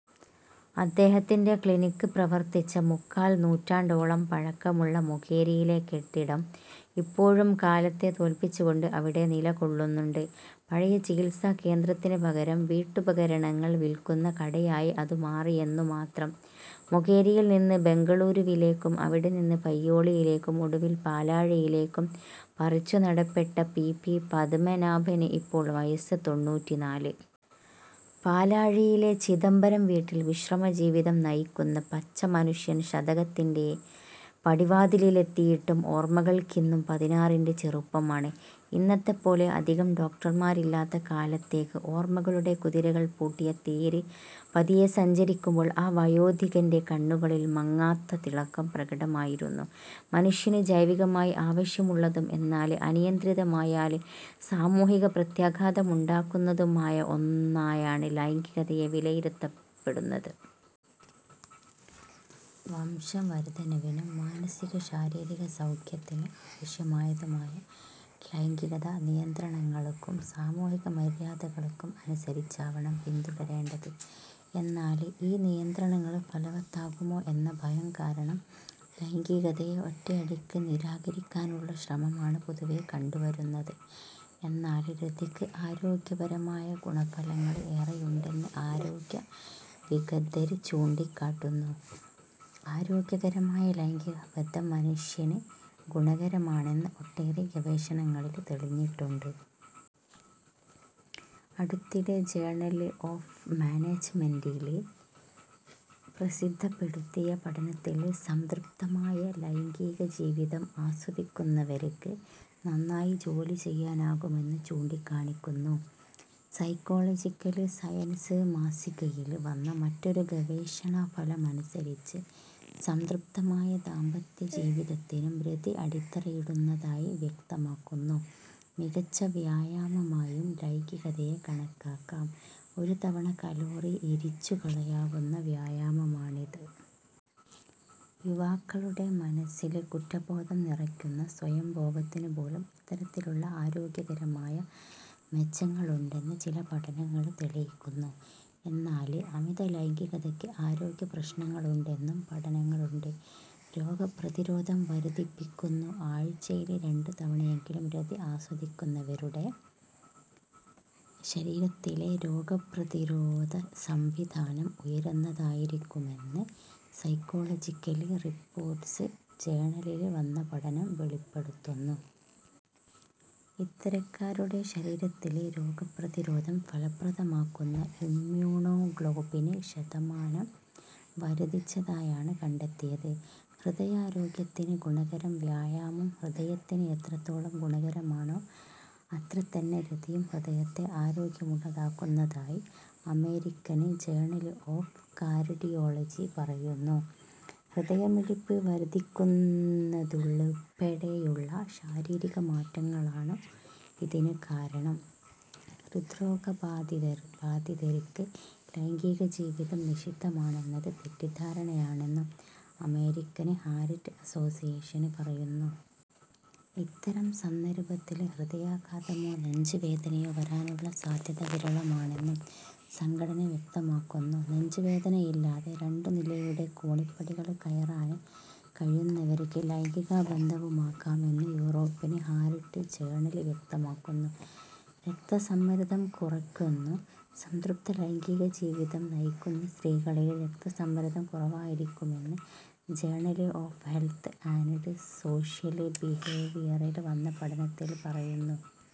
അദ്ദേഹത്തിന്റെ ക്ലിനിക് പ്രവർത്തിച്ച മുക്കാൽനൂറ്റാണ്ടോളം പഴക്കമുള്ള മൊകേരിയിലെ കെട്ടിടം ഇപ്പോഴും കാലത്തെ തോൽപ്പിച്ചുകൊണ്ട് അവിടെ നിലകൊള്ളുന്നുണ്ട്. പഴയ ചികിത്സാകേന്ദ്രത്തിന് പകരം വീട്ടുപകരണങ്ങൾ വിൽക്കുന്ന കടയായി അതു മാറിയെന്നുമാത്രം. മൊകേരിയിൽനിന്ന് ബെംഗളൂരുവിലേക്കും അവിടെനിന്ന് പയ്യോളിയിലേക്കും ഒടുവിൽ പാലാഴിയിലേക്കും പറി ച്ചുനടപ്പെട്ട പി. പി. പദ്മനാഭന് ഇപ്പോൾ വയസ്സ് തൊണ്ണൂറ്റിനാല്. പാലാഴിയിലെ 'ചിദംബരം'വീട്ടിൽ വിശ്രമജീവിതം നയിക്കുന്ന പച്ചമനുഷ്യൻ ശതകത്തിന്റെ പടിവാതിലിലെത്തിയിട്ടും ഓർമകൾക്കിന്നും പതിനാറിന്റെ ചെറുപ്പമാണ്. ഇന്നത്തെപ്പോലെ അധികം ഡോക്ടർമാരില്ലാത്ത കാലത്തേക്ക് ഓർമകളുടെ കുതിരകൾ പൂട്ടിയ തേര് പതിയെ സഞ്ചരിക്കുമ്പോൾ ആ വയോധികന്റെ കണ്ണുകളിൽ മങ്ങാത്ത തിളക്കം പ്രകടമായിരുന്നു. മനുഷ്യന് ജൈവികമായി ആവശ്യമുള്ളതും എന്നാല് അനിയന്ത്രിതമായാല് സാമൂഹിക പ്രത്യാഘാതമുണ്ടാക്കുന്നതുമായ ഒന്നായാണ് ലൈംഗികതയെ വിലയിരുത്തപ്പെടുന്നത്. വംശവര്ധനവിനും മാനസികശാരീരിക സൗഖ്യത്തിന് ആവശ്യമായതുമായ ലൈംഗികത, നിയന്ത്രണങ്ങള്ക്കും സാമൂഹിക മര്യാദകള്ക്കും അനുസരിച്ചാവണം പിന്തുടരേണ്ടത്. എന്നാല് ഈ നിയന്ത്രണങ്ങള് ഫലവത്താകുമോ എന്ന ഭയം കാരണം, ലൈംഗീകതയെ ഒറ്റയടിക്ക് നിരാകരിക്കാനുള്ള ശ്രമമാണ് പൊതുവേ കണ്ടുവരുന്നത്. എന്നാല് രതിക്ക് ആരോഗ്യപരമായ ഗുണഫലങ്ങള് ഏറെയുണ്ടെന്ന് ആരോഗ്യവിഗദ്ധര് ചൂണ്ടിക്കാട്ടുന്നു. ആരോഗ്യകരമായ ലൈംഗികബന്ധം മനുഷ്യന് ഗുണകരമാണെന്ന് ഒട്ടേറെ ഗവേഷണങ്ങളില് തെളിഞ്ഞിട്ടുണ്ട്. അടുത്തിടെ ജേണല് ഓഫ് മാനേജ്മെന്റില് പ്രസിദ്ധപ്പെടുത്തിയ പഠനത്തില് സംതൃപ്തമായ ലൈംഗീക ജീവിതം ആസ്വദിക്കുന്നവര്ക്ക് നന്നായി ജോലി ചെയ്യാനാകുമെന്ന് ചൂണ്ടിക്കാണിക്കുന്നു. സൈക്കോളിജക്കല് സയന്സ് മാസികയില് വന്ന മറ്റൊരു ഗവേഷണഫലമനുസരിച്ച് സംതൃപ്തമായ ദാമ്പത്യ ജീവിതത്തിനും രതി അടിത്തറയിടുന്നതായി വ്യക്തമാക്കുന്നു. മികച്ച വ്യായാമമായും ലൈംഗികതയെ കണക്കാക്കാം. ഒരു തവണ കലോറി എരിച്ചുകളയാവുന്ന വ്യായാമമാണിത്. യുവാക്കളുടെ മനസ്സില് കുറ്റബോധം നിറയ്ക്കുന്ന സ്വയംഭോഗത്തിനുപോലും ഇത്തരത്തിലുള്ള ആരോഗ്യകരമായ മെച്ചങ്ങളുണ്ടെന്ന് ചില പഠനങ്ങള് തെളിയിക്കുന്നു. എന്നാല് അമിത ലൈംഗികതയ്ക്ക് ആരോഗ്യപ്രശ്നങ്ങളുണ്ടെന്നും പഠനങ്ങളുണ്ട്. രോഗപ്രതിരോധം വര്ധിപ്പിക്കുന്നു ആഴ്ചയില് രണ്ടു തവണയെങ്കിലും രതി ആസ്വദിക്കുന്നവരുടെ ശരീരത്തിലെ രോഗപ്രതിരോധ സംവിധാനം ഉയര്ന്നതായിരിക്കുമെന്ന് സൈക്കോളജിക്കല് റിപ്പോര്ട്സ് ജേണലില് വന്ന പഠനം വെളിപ്പെടുത്തുന്നു. ഇത്തരക്കാരുടെ ശരീരത്തില് രോഗപ്രതിരോധം ഫലപ്രദമാക്കുന്ന ഇമ്യൂണോഗ്ലോബിന് ശതമാനം വര്ധിച്ചതായാണ് കണ്ടെത്തിയത്. ഹൃദയാരോഗ്യത്തിന് ഗുണകരം വ്യായാമം ഹൃദയത്തിന് എത്രത്തോളം ഗുണകരമാണോ അത്രതന്നെ രതിയും ഹൃദയത്തെ ആരോഗ്യമുള്ളതാക്കുന്നതായി അമേരിക്കന് ജേണല് ഓഫ് കാര്ഡിയോളജി പറയുന്നു. ഹൃദയമിടിപ്പ് വര്ധിക്കുന്നതുള്പ്പെടെയുള്ള ശാരീരികമാറ്റങ്ങളാണ് ഇതിനു കാരണം. ഹൃദ്രോഗബാധിതര്ക്ക് ലൈംഗീകജീവിതം നിഷിദ്ധമാണെന്നത് തെറ്റിദ്ധാരണയാണെന്നും അമേരിക്കന് ഹാര്ട്ട് അസോസിയേഷന് പറയുന്നു. ഇത്തരംസന്ദര്ഭത്തില് ഹൃദയാഘാതമോ, നെഞ്ച് വേദനയോ വരാനുള്ള സാധ്യത വിരളമാണെന്നും സംഘടന വ്യക്തമാക്കുന്നു. നെഞ്ചുവേദനയില്ലാതെ രണ്ടുനിലയുടെ കോണിപ്പടികള് കയറാന് കഴിയുന്നവര്ക്ക് ലൈംഗിക ബന്ധവുമാകാമെന്ന് യൂറോപ്യന് ഹാര്ട്ട് ജേണല് വ്യക്തമാക്കുന്നു. രക്തസമ്മര്ദ്ദം കുറയ്ക്കുന്നു സംതൃപ്ത ലൈംഗീകജീവിതം നയിക്കുന്ന സ്ത്രീകളില് രക്തസമ്മര്ദ്ദം കുറവായിരിക്കുമെന്ന് journal of health and social ബിഹേവിയറില് വന്ന പഠനത്തില് പറയുന്നു.